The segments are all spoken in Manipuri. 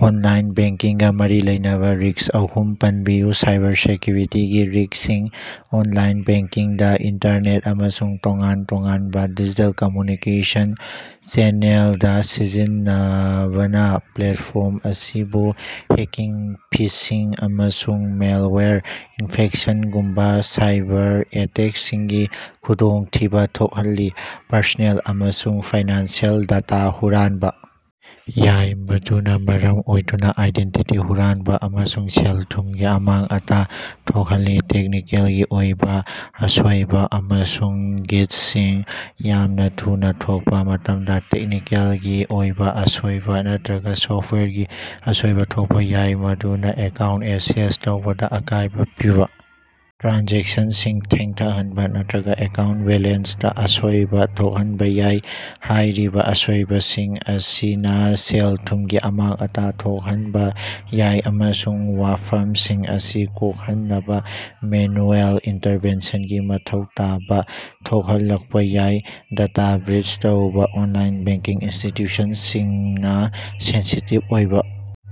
ꯑꯣꯟꯂꯥꯏꯟ ꯕꯦꯡꯛꯀꯤꯡꯒ ꯃꯔꯤ ꯂꯩꯅꯕ ꯔꯤꯁ꯭ꯛ ꯑꯍꯨꯝ ꯄꯅꯕꯤꯌꯨ꯫ ꯁꯥꯏꯕꯔꯁꯦꯛꯌꯨꯔꯤꯇꯤꯒꯤ ꯔꯤꯁ꯭ꯀꯁꯤꯡ- ꯑꯣꯟꯂꯥꯏꯟ ꯕꯦꯡꯛꯀꯤꯡꯗ ꯏꯟꯇꯔꯅꯦꯠ ꯑꯃꯁꯨꯡ ꯇꯣꯉꯥꯟ-ꯇꯣꯉꯥꯟꯕ ꯗꯤꯖꯤꯇꯦꯜ ꯀꯝꯃꯨꯅꯤꯀꯦꯁꯟ ꯆꯦꯅꯦꯜꯗ ꯁꯤꯖꯤꯟꯅꯕꯅ ꯄ꯭ꯂꯦꯠꯐꯣꯔꯝ ꯑꯁꯤꯕꯨ ꯍꯦꯛꯀꯤꯡ, ꯐꯤꯁꯤꯡ, ꯑꯃꯁꯨꯡ ꯃꯥꯜꯋ꯭ꯌꯥꯔ ꯏꯟꯐꯦꯛꯁꯟꯒꯨꯝꯕ ꯁꯥꯏꯕꯔꯑꯦꯇꯦꯛꯁꯤꯡꯒꯤ ꯈꯨꯗꯣꯡꯊꯤꯕ ꯊꯣꯛꯍꯜꯂꯤ꯫ ꯄ꯭ꯔꯁꯣꯅꯦꯜ ꯑꯃꯁꯨꯡ ꯐꯥꯏꯅꯥꯟꯁꯤꯑꯦꯜ ꯗꯦꯇꯥ ꯍꯨꯔꯥꯟꯕ ꯌꯥꯏ, ꯃꯗꯨꯅ ꯃꯔꯝ ꯑꯣꯏꯗꯨꯅ ꯑꯥꯏꯗꯦꯟꯇꯤꯇꯤ ꯍꯨꯔꯥꯟꯕ ꯑꯃꯁꯨꯡ ꯁꯦꯜ-ꯊꯨꯝꯒꯤ ꯑꯃꯥꯡ-ꯑꯇꯥ ꯊꯣꯛꯍꯜꯂꯤ꯫ ꯇꯦꯛꯅꯤꯀꯦꯜꯒꯤ ꯑꯣꯏꯕ ꯑꯁꯣꯢꯕ ꯑꯃꯁꯨꯡ ꯒ꯭ꯂꯤꯆꯁꯤꯡ ꯌꯥꯝꯅ ꯊꯨꯅ ꯊꯣꯛꯄ ꯃꯇꯝꯗ, ꯇꯦꯛꯅꯤꯀꯦꯜꯒꯤ ꯑꯣꯏꯕ ꯑꯁꯣꯢꯕ ꯅꯠꯇ꯭ꯔꯒ ꯁꯣꯐꯋ꯭ꯌꯥꯔꯒꯤ ꯑꯁꯣꯏꯕ ꯊꯣꯛꯄ ꯌꯥꯏ, ꯃꯗꯨꯅ ꯑꯦꯀꯥꯎꯟꯇ ꯑꯦꯛꯁꯦꯁ ꯇꯧꯕꯗ ꯑꯀꯥꯢꯕ ꯄꯤꯕ, ꯇ꯭ꯔꯥꯟꯖꯦꯛꯁꯟꯁꯤꯡ ꯊꯦꯡꯊꯥꯍꯟꯕ ꯅꯠꯇ꯭ꯔꯒ ꯑꯦꯀꯥꯎꯟꯇ ꯕꯦꯂꯦꯟꯁꯇꯥ ꯑꯁꯣꯢꯕ ꯊꯣꯛꯍꯟꯕ ꯌꯥꯏ꯫ ꯍꯥꯏꯔꯤꯕ ꯑꯁꯣꯏꯕꯁꯤꯡ ꯑꯁꯤꯅ ꯁꯦꯜ-ꯊꯨꯝꯒꯤ ꯑꯃꯥꯡ-ꯑꯇꯥ ꯊꯣꯛꯍꯟꯕ ꯌꯥꯏ ꯑꯃꯁꯨꯡ ꯋꯥꯐꯝꯁꯤꯡ ꯑꯁꯤ ꯀꯣꯛꯍꯟꯅꯕ ꯃꯦꯅꯨꯑꯦꯜ ꯏꯟꯇ꯭ꯔꯚꯦꯟꯁꯟꯒꯤ ꯃꯊꯧ ꯇꯥꯕ ꯊꯣꯛꯍꯜꯂꯛꯄ ꯌꯥꯏ꯫ ꯗꯦꯇꯥ ꯕ꯭ꯔꯤꯆ ꯇꯧꯕ ꯑꯣꯟꯂꯥꯏꯟ ꯕꯦꯡꯀꯤꯡ ꯏꯟꯁꯇꯤꯇ꯭ꯌꯨꯁꯟꯁꯤꯡꯅ ꯁꯦꯟꯁꯤꯇꯤꯚ ꯑꯣꯏꯕ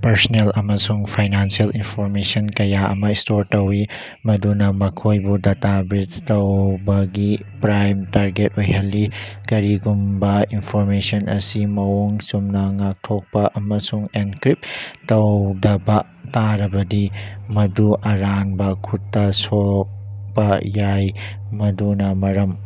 ꯄꯔꯁꯣꯅꯦꯜ ꯑꯃꯁꯨꯡ ꯐꯥꯏꯅꯥꯟꯁꯤꯑꯦꯜ ꯏꯟꯐꯣꯔꯃꯦꯁꯟ ꯀꯌꯥ ꯑꯃ ꯁ꯭ꯇꯣꯔ ꯇꯧꯏ꯫ ꯃꯗꯨꯅ ꯃꯈꯣꯢꯕꯨ ꯗꯦꯇꯥ ꯕ꯭ꯔꯤꯆ ꯇꯧꯕꯒꯤ ꯄ꯭ꯔꯥꯏꯝ ꯇꯥꯔꯒꯦꯠ ꯑꯣꯏꯍꯜꯂꯤ꯫ ꯀꯔꯤꯒꯨꯝꯕ ꯏꯟꯐꯣꯔꯃꯦꯁꯟ ꯑꯁꯤ ꯃꯑꯣꯡ ꯆꯨꯝꯅ ꯉꯥꯛꯊꯣꯛꯄ ꯑꯃꯁꯨꯡ ꯑꯦꯟꯀ꯭ꯔꯤꯞꯇ ꯇꯧꯗꯕ ꯇꯥꯔꯕꯗꯤ, ꯃꯗꯨ ꯑꯔꯥꯟꯕ ꯈꯨꯠꯇ ꯁꯣꯛꯄ ꯌꯥꯏ, ꯃꯗꯨꯅ ꯃꯔꯝ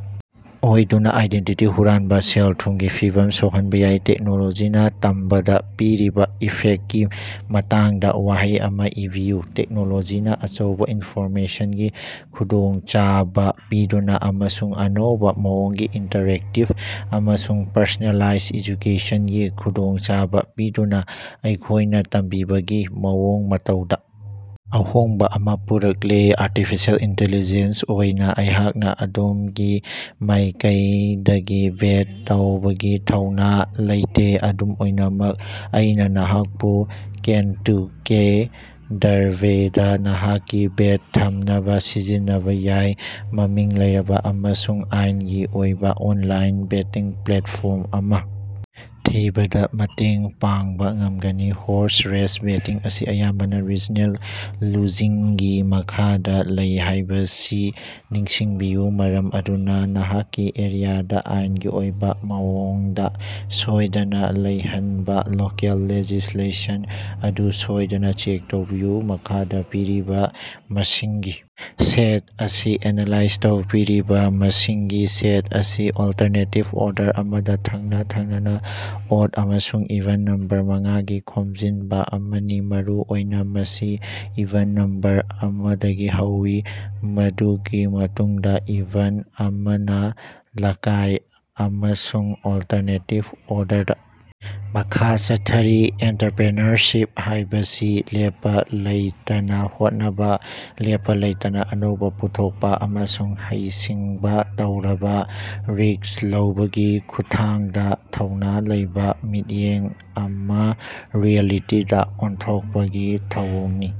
ꯑꯣꯏꯗꯨꯅ ꯑꯥꯏꯗꯦꯟꯇꯤꯇꯤ ꯍꯨꯔꯥꯟꯕ, ꯁꯦꯜ-ꯊꯨꯝꯒꯤ ꯐꯤꯚꯝꯗ ꯁꯣꯛꯍꯟꯕ ꯌꯥꯏ꯫ ꯇꯦꯛꯅꯣꯂꯣꯖꯤꯅ ꯇꯝꯕꯗ ꯄꯤꯔꯤꯕ ꯏꯐꯦꯛꯀꯤ ꯃꯇꯥꯡꯗ ꯋꯥꯍꯩ ꯑꯃ ꯏꯕꯤꯌꯨ꯫ ꯇꯦꯛꯅꯣꯂꯣꯖꯤꯅ ꯑꯆꯧꯕ ꯏꯟꯐꯣꯔꯃꯦꯁꯟꯒꯤ ꯈꯨꯗꯣꯡꯆꯥꯕ ꯄꯤꯗꯨꯅ ꯑꯃꯁꯨꯡ ꯑꯅꯧꯕ ꯃꯑꯣꯡꯒꯤ ꯏꯟꯇ꯭ꯔꯦꯛꯇꯤꯞ ꯑꯃꯁꯨꯡ ꯄꯔꯁꯣꯅꯦꯂꯥꯏꯖ ꯑꯦꯗꯨꯀꯦꯁꯟꯒꯤ ꯈꯨꯗꯣꯡꯆꯥꯕ ꯄꯤꯗꯨꯅ ꯑꯩꯈꯣꯢꯅ ꯇꯝꯕꯒꯤ ꯃꯑꯣꯡ ꯃꯇꯧꯗ ꯑꯍꯣꯡꯕ ꯑꯃ ꯄꯨꯔꯛꯂꯦ꯫ ꯑꯔꯇꯤꯐꯤꯁꯦꯜ ꯑꯟꯇꯤꯂꯤꯖꯦꯟꯇ ꯑꯣꯏꯅ ꯑꯩꯍꯥꯛꯅ ꯑꯗꯣꯝꯒꯤ ꯃꯥꯢꯀꯩꯗꯒꯤ ꯕꯦꯠ ꯇꯧꯕꯒꯤ ꯊꯧꯅ ꯂꯩꯇꯦ꯫ ꯑꯗꯨꯝ ꯑꯣꯏꯅꯃꯛ, ꯑꯩꯅ ꯅꯍꯥꯛꯄꯨ ꯀꯦꯟꯇꯨꯀꯤ ꯗꯔꯕꯤꯗ ꯅꯍꯥꯛꯀꯤ ꯕꯦꯠ ꯊꯝꯅꯕ ꯁꯤꯖꯤꯟꯅꯕ ꯌꯥꯕ ꯃꯃꯤꯡ ꯂꯩꯔꯕ ꯑꯃꯁꯨꯡ ꯑꯥꯏꯟꯒꯤ ꯑꯣꯏꯕ ꯑꯣꯟꯂꯥꯏꯟ ꯕꯦꯇꯤꯡ ꯄ꯭ꯂꯦꯠꯐꯣꯔꯝ ꯑꯃ ꯊꯤꯕꯗ ꯃꯇꯦꯡ ꯄꯥꯡꯕ ꯉꯝꯒꯅꯤ꯫ ꯍꯣꯔꯁ ꯔꯦꯁ ꯕꯦꯇꯤꯡ ꯑꯁꯤ ꯑꯌꯥꯝꯕꯅ ꯔꯤꯖꯅꯦꯜ ꯂꯣꯁꯤꯡꯒꯤ ꯃꯈꯥꯗ ꯂꯩ ꯍꯥꯢꯕꯁꯤ ꯅꯤꯡꯁꯤꯡꯕꯤꯌꯨ ꯃꯔꯝ ꯑꯗꯨꯅ ꯅꯍꯥꯛꯀꯤ ꯑꯦꯔꯤꯌꯥꯗ ꯑꯥꯏꯟꯒꯤ ꯑꯣꯏꯕ ꯃꯑꯣꯡꯗ ꯁꯣꯢꯗꯅ ꯂꯩꯍꯟꯕ ꯂꯣꯀꯦꯜ ꯂꯦꯖꯤꯁ꯭ꯂꯦꯁꯟ ꯑꯗꯨ ꯁꯣꯢꯗꯅ ꯆꯦꯛ ꯇꯧꯕꯤꯌꯨ꯫ ꯃꯈꯥꯗ ꯄꯤꯔꯤꯕ ꯃꯁꯤꯡꯒꯤ ꯁꯦꯠ ꯑꯁꯤ ꯑꯦꯟꯅꯂꯥꯏꯖ ꯇꯧ꯫ ꯄꯤꯔꯤꯕ ꯃꯁꯤꯡꯒꯤ ꯁꯦꯠ ꯑꯁꯤ ꯑꯜꯇ꯭ꯔꯅꯦꯇꯤꯚ ꯑꯣꯔꯗꯔ ꯑꯃꯗ ꯊꯪꯅ-ꯊꯪꯅꯅ ꯑꯣꯗ ꯑꯃꯁꯨꯡ ꯏꯚꯦꯟꯇ ꯅꯝꯕꯔ ꯃꯉꯥꯒꯤ ꯈꯣꯝꯖꯤꯅꯕ ꯑꯃꯅꯤ꯫ ꯃꯔꯨꯑꯣꯏꯅ, ꯃꯁꯤ ꯏꯚꯦꯟꯇ ꯅꯝꯕꯔ ꯑꯃꯗꯒꯤ ꯍꯧꯏ, ꯃꯗꯨꯒꯤ ꯃꯇꯨꯡꯗ ꯏꯚꯦꯟꯇ ꯑꯃꯅ ꯂꯥꯀꯏ ꯑꯃꯁꯨꯡ ꯑꯜꯇ꯭ꯔꯅꯦꯇꯤꯚ ꯑꯣꯔꯗꯔꯗ ꯃꯈꯥ ꯆꯠꯊꯔꯤ꯫ ꯑꯣꯟꯇ꯭ꯔꯄ꯭ꯔꯤꯅꯔꯁꯤꯞ ꯍꯥꯢꯕꯁꯤ ꯂꯦꯞꯄ ꯂꯩꯇꯅ ꯍꯣꯠꯅꯕ, ꯂꯦꯞꯄ ꯂꯩꯇꯅ ꯑꯅꯧꯕ ꯄꯨꯊꯣꯛꯄ, ꯑꯃꯁꯨꯡ ꯍꯩ ꯁꯤꯡꯕ ꯇꯧꯔꯕ ꯔꯤꯁ꯭ꯛ ꯂꯧꯕꯒꯤ ꯈꯨꯠꯊꯥꯡꯗ ꯊꯧꯅ ꯂꯩꯕ ꯃꯤꯠꯌꯦꯡ ꯑꯃ ꯔꯤꯑꯦꯂꯤꯇꯤꯗ ꯑꯣꯟꯊꯣꯛꯄꯒꯤ ꯊꯧꯑꯣꯡꯅꯤ꯫